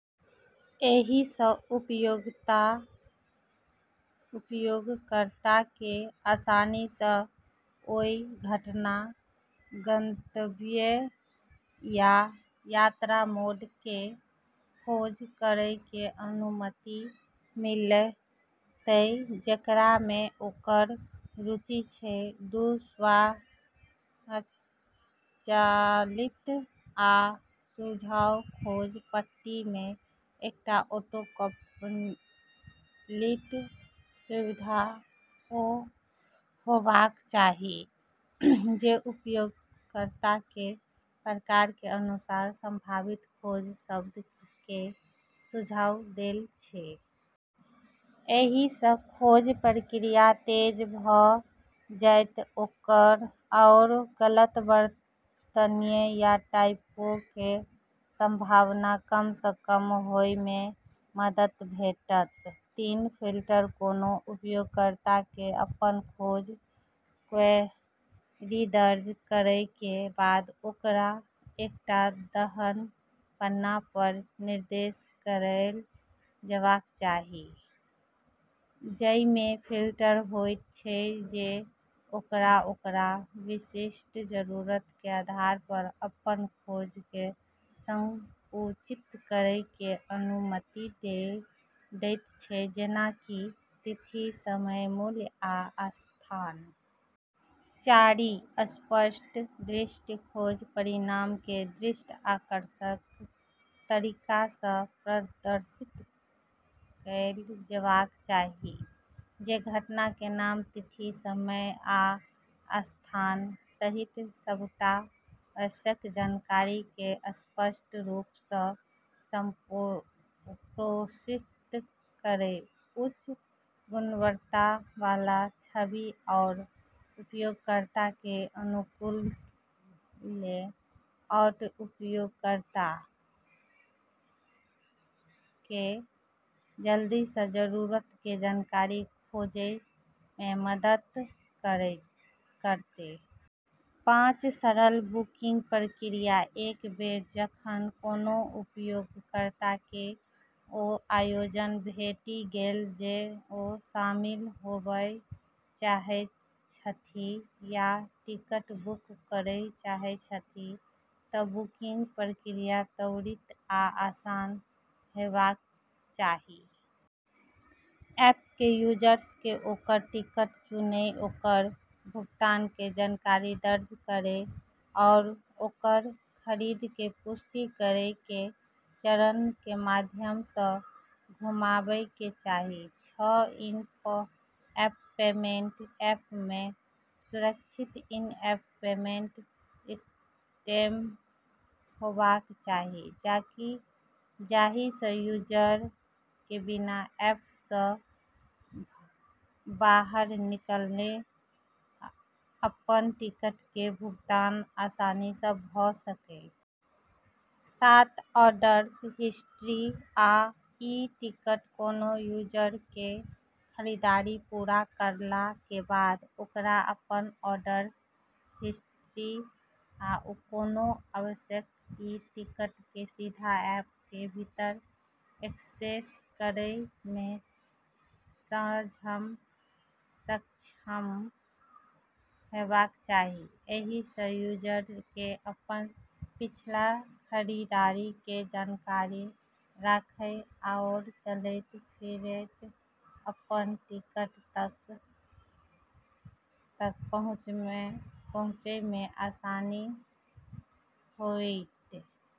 एहिसँ उपयोगकर्ता केँ आसानी सँ ओय घटना, गंतव्य, या यात्रा मोड केँ खोज करय के अनुमति मिलतय, जेकरा मे ओकर रुचि छै। दू. स्वचालित आ सुझाव: खोज पट्टी मे एकटा ऑटोकम्पलीट सुविधा होबाक चाही जे उपयोगकर्ता के प्रकार के अनुसार संभावित खोज शब्द के सुझाव दैत छै। एहि सँ खोज प्रक्रिया तेज भऽ जाएत आओर गलत वर्तनी या टाइपो के संभावना कम सँ कम होए मे मदद भेटत। तीन. फिल्टर: कोनो उपयोगकर्ता के अपन खोज क्वेरी दर्ज करय के बाद ओकरा एकटा एहन पन्ना पर निर्देशित कएल जेबाक चाही जइ मे फिल्टर होयत छै जे ओकरा ओकर विशिष्ट जरूरत के आधार पर अपन खोज के संकुचित करय के अनुमति देयत छै, जेना कि तिथि, समय, मूल्य, आ स्थान। चारि. स्पष्ट दृश्य: खोज परिणाम के दृश्य आकर्षक तरीका सँ प्रदर्शित कएल जेबाक चाही जे घटना के नाम, तिथि, समय, आ स्थान सहित सबटा आवश्यक जानकारी के स्पष्ट रूप सँ संप्रेषित करय। उच्च गुणवत्ता वाला छवि आरू उपयोगकर्ता के अनुकूल लेआउट उपयोगकर्ता केँ जल्दी सँ जरूरत के जानकारी खोजै मे मदद करतै। पाँच. सरल बुकिंग प्रक्रिया: एक बेर जखन कोनो उपयोगकर्ता के ओ आयोजन भेटि गेल जे ओ शामिल होबय चाहैत छथि या टिकट बुक करय चाहैत छथि तऽ बुकिंग प्रक्रिया त्वरित आ आसान हेबाक चाही। ऐप केँ यूजर्स के ओकर टिकट चुनै, ओकर भुगतान के जानकारी दर्ज करै, आरू ओकर खरीद के पुष्टि करै के चरण के माध्यम सँ घुमाबै के चाही। छः. इन-एप पेमेंट: ऐप मे सुरक्षित इन-एप पेमेंट सिस्टम होबाक चाही जाहि सँ यूजर के बिना ऐप सँ बाहर निकलने अपन टिकट के भुगतान आसानी सँ भऽ सकै। सात. ऑर्डर हिस्ट्री आ ई-टिकट: कोनो यूजर के खरीदारी पूरा करला के बाद ओकरा अपन ऑर्डर हिस्ट्री आ कोनो आवश्यक ई-टिकट के सीधा ऐप के भीतर एक्सेस करय मे सक्षम हेबाक चाही। एहि सँ यूजर के अपन पिछला खरीदारी के जानकारी राखय आओर चलैत-फिरैत अपन टिकट तक पहुँचय मे आसानी होएत।